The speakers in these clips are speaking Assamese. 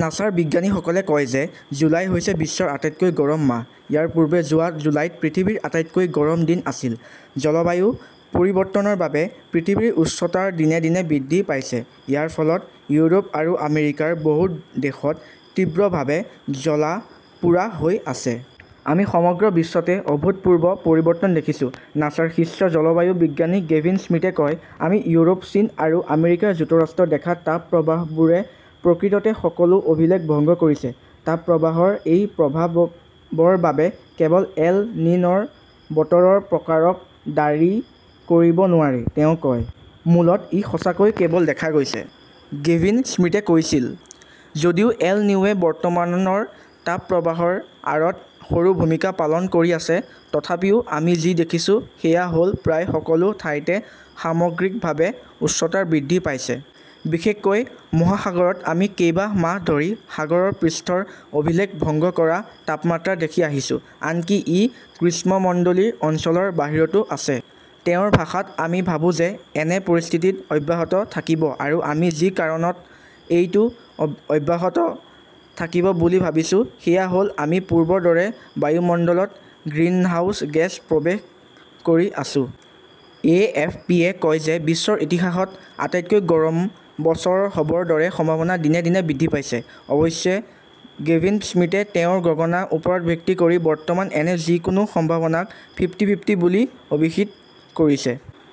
নাছাৰ বিজ্ঞানীসকলে কয় যে জুলাই হৈছে বিশ্বৰ আটাইতকৈ গৰম মাহ। ইয়াৰ পূৰ্বে যোৱা জুলাইত পৃথিৱীৰ আটাইতকৈ গৰম দিন আছিল। জলবায়ু পৰিৱৰ্তনৰ বাবে পৃথিৱীৰ উষ্ণতা দিনে দিনে বৃদ্ধি পাইছে। ইয়াৰ ফলত ইউৰোপ আৰু আমেৰিকাৰ বহু দেশত তীব্ৰভাৱে জ্বলা-পোৰা হৈ আছে। "আমি সমগ্ৰ বিশ্বতে অভূতপূৰ্ব পৰিৱৰ্তন দেখিছোঁ", নাছাৰ শিষ্য জলবায়ু বিজ্ঞানী গেভিন স্মিথে কয়। আমি ইউৰোপ, চীন আৰু আমেৰিকা যুক্তৰাষ্ট্ৰত দেখা তাপপ্ৰবাহবোৰে প্ৰকৃততে সকলো অভিলেখ ভংগ কৰিছে। "তাপপ্ৰবাহৰ এই প্ৰভাৱক বৰ বাবে কেৱল এল নিন'ৰ বতৰৰ প্ৰকাৰক দায়ী কৰিব নোৱাৰি ", তেওঁ কয়। মূলতঃ ই 'সঁচাকৈয়ে কেৱল দেখা গৈছে'। গেভিন স্মিথে কৈছিল, "যদিও এল নিনোৱে বৰ্তমানৰ তাপপ্ৰবাহৰ আঁৰত সৰু ভূমিকা পালন কৰি আছে, তথাপিও 'আমি যি দেখিছোঁ সেয়া হ' ল-প্ৰায় সকলো ঠাইতে সামগ্ৰিকভাৱে উষ্ণতা বৃদ্ধি পাইছে। বিশেষকৈ মহাসাগৰত। আমি কেইবা মাহ ধৰি সাগৰৰ পৃষ্ঠৰ অভিলেখ ভংগ কৰা তাপমাত্ৰা দেখি আহিছো। আনকি ই গ্ৰীষ্মমণ্ডলীয় অঞ্চলৰ বাহিৰতো আছে। ' "তেওঁৰ ভাষাত," আমি ভাবো যে এনে পৰিস্থিতি অব্যাহত থাকিব আৰু আমি যি কাৰণত এইটো অব্যাহত থাকিব বুলি ভাবিছোঁ সেয়া হ 'ল-আমি পূৰ্বৰ দৰে বায়ুমণ্ডলত গ্ৰিনহাউজ গেছ প্ৰৱেশ কৰি আছো। "এ. এফ. পি. -য়ে কয় যে বিশ্বৰ ইতিহাসত আটাইতকৈ গৰম বছৰ হ'ব -ৰ দৰে সম্ভাৱনা দিনে দিনে বৃদ্ধি পাইছে।" অৱশ্যে গেভিন স্মিথে তেওঁৰ গণনাৰ ওপৰত ভিত্তি কৰি বৰ্তমান এনে যিকোনো সম্ভাৱনাক "ফিফ্টি-ফিফ্টি" বুলি অভিহিত কৰিছে।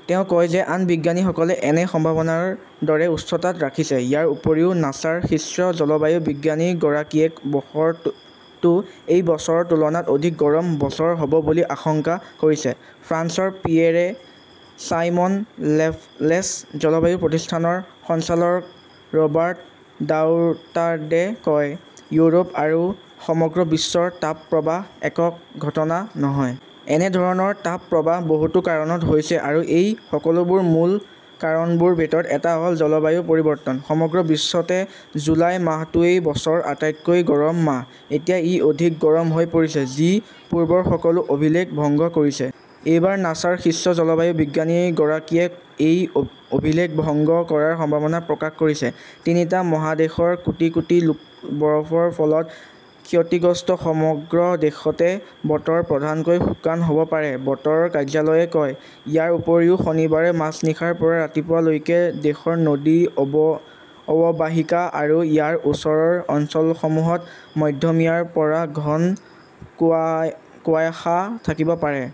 তেওঁ কয় যে আন বিজ্ঞানীসকলে এনে সম্ভাৱনাক ৰ দৰে উচ্চতাত ৰাখিছে। ইয়াৰ উপৰিও, নাছাৰ শীৰ্ষ জলবায়ু বিজ্ঞানীগৰাকীয়ে বৰ্ষটো এই বছৰৰ তুলনাত অধিক গৰম বছৰ হ'ব বুলি আশংকা কৰিছে। ফ্ৰান্সৰ পিয়েৰে-চাইমন লেপলেছ জলবায়ু প্ৰতিষ্ঠানৰ সঞ্চালক ৰবাৰ্ট ভাউটাৰ্ডে কয়, "ইউৰোপ আৰু সমগ্ৰ বিশ্বৰ তাপপ্ৰবাহ একক ঘটনা নহয়। "এনে ধৰণৰ তাপ প্ৰবাহ বহুতো কাৰণত হৈছে আৰু এই সকলোবোৰৰ মূল কাৰণবোৰ ভিতৰত এটা হ 'ল জলবায়ু পৰিৱৰ্তন।" সমগ্ৰ বিশ্বতে জুলাই মাহটোৱেই বছৰৰ আটাইতকৈ গৰম মাহ। এতিয়া ই অধিক গৰম হৈ পৰিছে। যি পূৰ্বৰ সকলো অভিলেখ ভংগ কৰিছে। এইবাৰ নাছাৰ শীৰ্ষ জলবায়ু বিজ্ঞানীগৰাকীয়ে এই অভিলেখ ভংগ কৰাৰ সম্ভাৱনা প্ৰকাশ কৰিছিল। তিনিটা মহাদেশৰ কোটি কোটি লোক বৰফৰ ফলত ক্ষতিগ্ৰস্ত সমগ্ৰ দেশতে বতৰ প্ৰধানকৈ শুকান হ'ব পাৰে, বতৰ কাৰ্যালয়ে কয়। ইয়াৰ উপৰিও শনিবাৰে মাজনিশাৰ পৰা ৰাতিপুৱা লৈকে দেশৰ নদী অৱ অৱবাহিকা আৰু ইয়াৰ ওচৰৰ অঞ্চলসমূহত মধ্যমীয়াৰ পৰা ঘন কুয়া কুয়াশা থাকিব পাৰে।